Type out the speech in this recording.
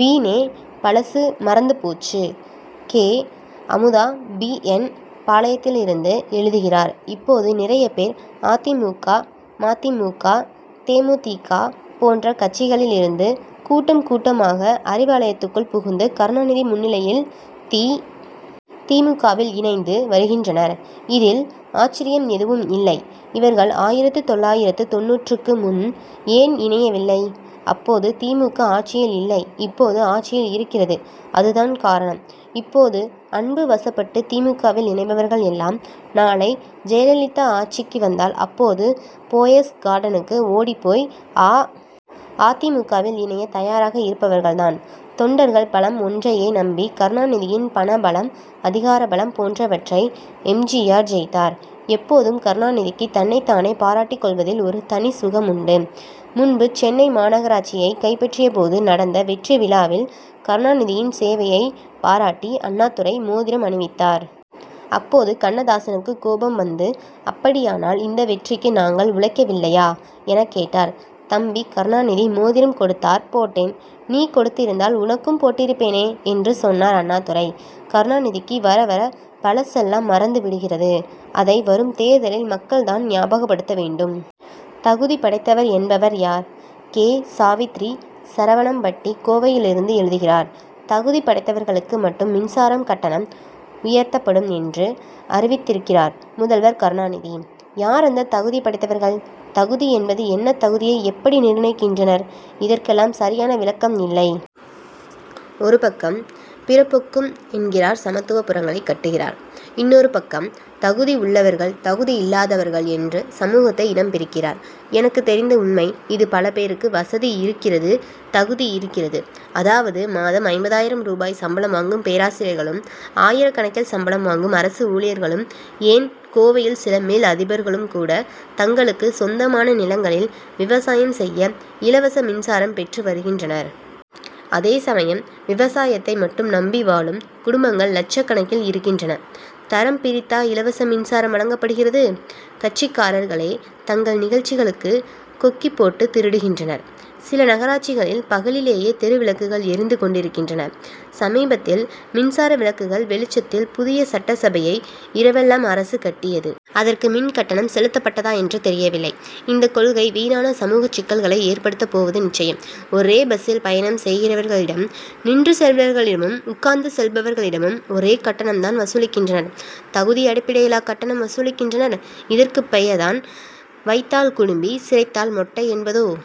வீணே. பழசு மறந்து போச்சு! கே. அமுதா பி. என். பாளையத்திலிருந்து எழுதுகிறார் இப்போது நிறைய பேர் அ. தி. மு. க. ம. தி. மு. க. தே. மு. தி. க. போன்ற கட்சிகளில் இருந்து கூட்டம் கூட்டமாக அறிவாலயத்துக்குள் புகுந்து கருணாநிதி முன்னிலையில் தி. மு. க.வில் இணைந்து வருகின்றனர் இதில் ஆச்சரியம் எதுவும் இல்லை. இவர்கள் ஆயிரத்து தொள்ளாயிரத்து தொண்ணூற்றாறு-க்கு முன் ஏன் இணையவில்லை? அப்போது தி. மு. க. ஆட்சியில் இல்லை இப்போது ஆட்சியில் இருக்கிறதுஅதுதான் காரணம். இப்போது அன்பு வசப்பட்டு தி. மு. க.வில் இணைபவர்கள் எல்லாம் நாளை ஜெயலலிதா ஆட்சிக்கு வந்தால் அப் போது போயஸ் கார்டனுக்கு ஓடிப்போய் அ. தி. மு. க.வில் இணைய தயாராக இருப்பவர்கள் தான். தொண்டர்கள் பலம் ஒன்றையே நம்பி கருணாநிதியின் பண பலம் அதிகார பலம் போன்றவற்றை எம். ஜி. ஆர். ஜெயித்தார். எப்போதும் கருணாநிதிக்கு தன்னைத் தானே பாராட்டிக் கொள்வதில் ஒரு தனி சுகம் உண்டு. முன்பு சென்னை மாநகராட்சியை கைப்பற்றியபோது நடந்த வெற்றி விழாவில் கருணாநிதியின் சேவையை பாராட்டி அண்ணாதுரை மோதிரம் அணிவித்தார். அப்போது கண்ணதாசனுக்கு கோபம் வந்து அப்படியானால் இந்த வெற்றிக்கு நாங்கள் உழைக்கவில்லையா? எனக் கேட்டார். தம்பி கருணாநிதி மோதிரம் கொடுத்தார் போட்டேன். நீ கொடுத்திருந்தால் உனக்கும் போட்டிருப்பேனே என்று சொன்னார் அண்ணாதுரை. கருணாநிதிக்கு வரவர பழசெல்லாம் மறந்து விடுகிறது. அதை வரும் தேர்தலில் மக்கள் தான் ஞாபகப்படுத்த வேண்டும். தகுதி படைத்தவர் என்பவர் யார்? கே. சாவித்திரி சரவணம்பட்டி கோவையிலிருந்து எழுதுகிறார் தகுதி படைத்தவர்களுக்கு மட்டும் மின்சாரக் கட்டணம் உயர்த் தப்படும் என்று அறிவித்திருக்கிறார் முதல்வர் கருணாநிதி. யார் அந்த தகுதி படைத்தவர்கள்? தகுதி என்பது என்ன தகுதியை எப்படி நிர்ணயிக்கின்றனர்? இதற் கெல்லாம் சரியான விளக்கம் இல்லை. ஒருபக்கம் பிறப்பொக்கும் என்கிறார் சமத்துவப் புரங்களைக் கட்டுகிறார். இன்னொரு பக்கம் தகுதி உள்ளவர்கள் தகுதி இல்லாதவர்கள் என்று சமூகத்தை இனம் பிரிக்கிறார். எனக்குத் தெரிந்த உண்மை இது பல பேருக்கு வசதி இருக்கிறது தகுதி இருக்கிறது. அதாவது மாதம் ஐம்பதாயிரம் ரூபாய் சம்பளம் வாங்கும் பேராசிரியர்களும் ஆயிரக்கணக்கில் சம்பளம் வாங்கும் அரசு ஊழியர்களும் ஏன் கோவையில் சில மில் அதிபர்களும் கூட தங் களுக்கு சொந்தமான நிலங்களில் விவசாயம் செய்ய இலவச மின்சாரம் பெற்று வருகின்றனர். அதே சமயம் விவசாயத்தை மட்டும் நம்பி வாழும் குடும்பங்கள் லட்சக்கணக்கில் இருக் கின்றன. தரம் பிரித்தா இலவச மின்சாரம் வழங்கப்படுகிறது? கட்சிக்காரர்களே தங்கள் நிகழ்ச்சிகளுக்கு கொக்கி போட்டு திருடுகின்றனர். சில நகராட்சிகளில் பகலிலேயே தெரு விளக்குகள் எரிந்து கொண்டிருக்கின்றன. சமீபத்தில் மின்சார விளக்குகள் வெளிச்சத்தில் புதிய சட்டசபையை இரவெல்லாம் அரசு கட்டியது. அதற்கு மின்கட்டணம் செலுத்தப் பட்டதா என்று தெரியவில்லை. இந்த கொள்கை வீணான சமூகச் சிக்கல் களை ஏற்படுத்தப் போவது நிச்சயம். ஒரே பஸ்சில் பயணம் செய்கிறவர்களிடம் நின்று செல்பவர்களிடமும் உட்கார்ந்து செல்பவர்களிடமும் ஒரே கட்டணம் தான் வசூலிக்கின்றனர். தகுதி அடிப்படையிலா கட்டணம் வசூலிக்கின்றனர்? இதற்குப் பெயர் தான் வைத்தால் குடுமி சிரைத் தால் மொட்டை என்பதோ?